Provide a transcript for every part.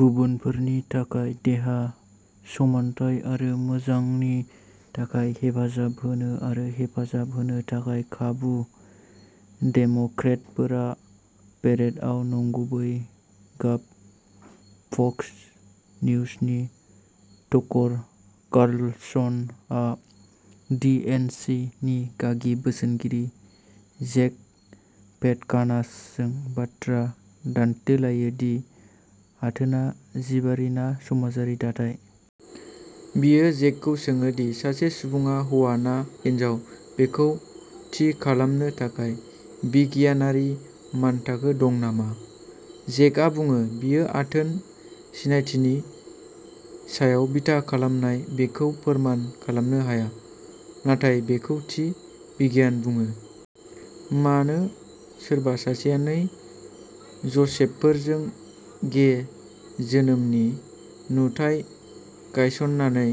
गुबुनफोरनि थाखाय देहा, समानथाय आरो मोजांनि थाखाय हेफाजाब होनो आरो हेफाजाब होनो थाखाय खाबु। डेम'क्रेटफोरा पेरेडआव नंगुबै गाब फक्स निउजनि टकर कार्लसनआ दि एन सि नि गागि बोसोनगिरि जेक पेटकानासजों बाथ्रा दान्थेलायो दि आथोनआ जिबारि ना समाजारि दाथाय। बियो जेकखौ सोङो दि सासे सुबुङा हौवा ना हिनजाव बेखौ थि खालामनो थाखाय बिगियानारि मानथाखो दं नामा। जेकआ बुङो, बेयो आथोन सिनायथिनि सायाव बिथा खालामनाय, बेखौ फोरमान खालामनो हाया, नाथाय बेखौ थि बिगियान बुङो। मानो सोरबा सासेया नै ज'सेफफोरजों गे जोनोमनि नुथाय गायस'ननानै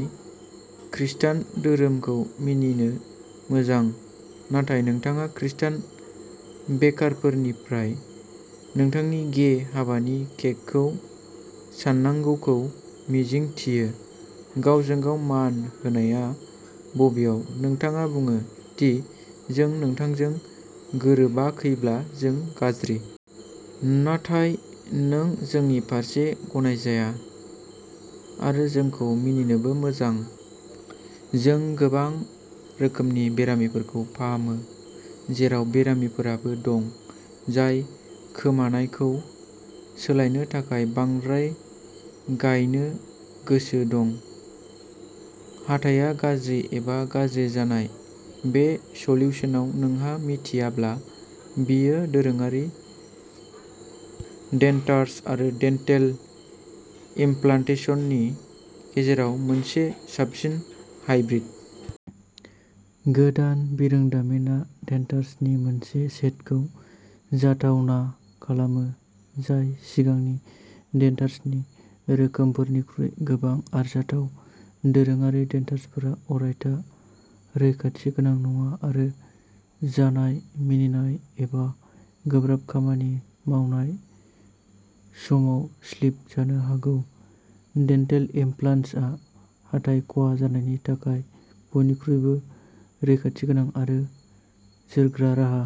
खृस्टान धोरोमखौ मिनिनो मोजां, नाथाय नोंथाङा खृस्टान बेकारफोरनिफ्राय नोंथांनि गे हाबानि केकखौ सान्नांगौखौ मिजिंथियो गावजों-गाव मान होनाया बबेयाव? नोंथाङा बुङो दि जों नोंथांजों गोरोबाखैब्ला जों गाज्रि। नाथाय नों जोंनि फारसे गनायजाया, आरो जोंखौ मिनिनोबो मोजां। जों गोबां रोखोमनि बेरामिफोरखौ फाहामो, जेराव बेरामिफोराबो दं जाय खोमानायखौ सोलायनो थाखाय बांद्राय गायनो गोसो दं। हाथाया गाज्रि एबा गाज्रि जानाय। बे सोल्युशनाव नोंहा मिथियाब्ला, बेयो दोरोङारि डेन्टार्स आरो डेन्टेल इमप्लान्ट्सनि गेजेराव मोनसे साबसिन हाइब्रिद। गोदान बिरोंदामिनआ डेन्टार्सनि मोनसे सेटखौ जाथावना खालामो जाय सिगांनि डेन्टार्सनि रोखोमफोरनिख्रुइ गोबां आरजाथाव। दोरोङारि डेन्टार्सफोरा अरायथा रैखाथि गोनां नङा आरो जानाय, मिनिनाय एबा गोब्राब खामानि मावनाय समाव स्लिप जानो हागौ। डेन्टेल इमप्लान्ट्सआ हाथाइ खहा जानायनि थाखाय बयनिख्रुइबो रैखाथिगोनां आरो जोरग्रा राहा।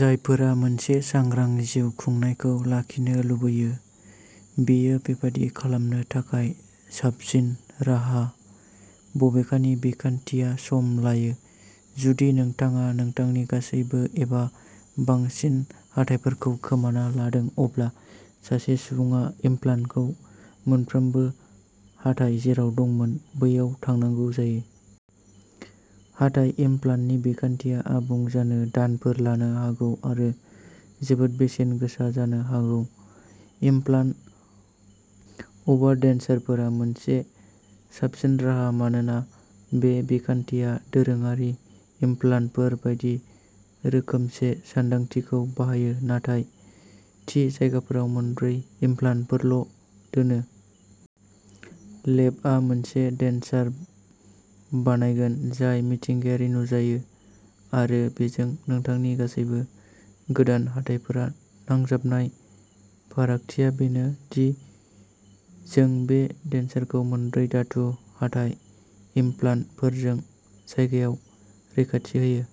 जायफोरा मोनसे सांग्रां जिउ खुंनायखौ लाखिनो लुबैयो, बेयो बेबादि खालामनो थाखाय साबसिन राहा। बबेखानि, बिखान्थिया सम लायो। जुदि नोंथाङा नोंथांनि गासैबो एबा बांसिन हाथाइफोरखौ खोमाना लादों, अब्ला सासे सुबुङा इमप्लान्टखौ मोनफ्रोमबो हाथाइ जेराव दंमोन बैयाव थांनांगौ जायो। हाथाइ इमप्लान्टनि बिखान्थिया आबुं जानो दानफोर लानो हागौ आरो जोबोद बेसेन गोसा जानो हागौ। इमप्लान्ट अभारडेन्चारफोरा मोनसे साबसिन राहा मानोना बे बिखान्थिया दोरोङारि इमप्लान्टफोर बायदि रोखोमसे सानदांथिखौ बाहायो, नाथाय थि जायगाफोराव मोनब्रै इमप्लान्टफोरल' दोनो। लेबआ मोनसे डेन्चार बानायगोन जाय मिथिंगायारि नुजायो आरो बेजों नोंथांनि गासैबो गोदान हाथाइफोरा नांजाबनाय। फारागथिया बेनो दि जों बे डेन्चारखौ मोनब्रै धातु, हाथाइ इमप्लान्टफोरजों जायगायाव रैखाथि होयो।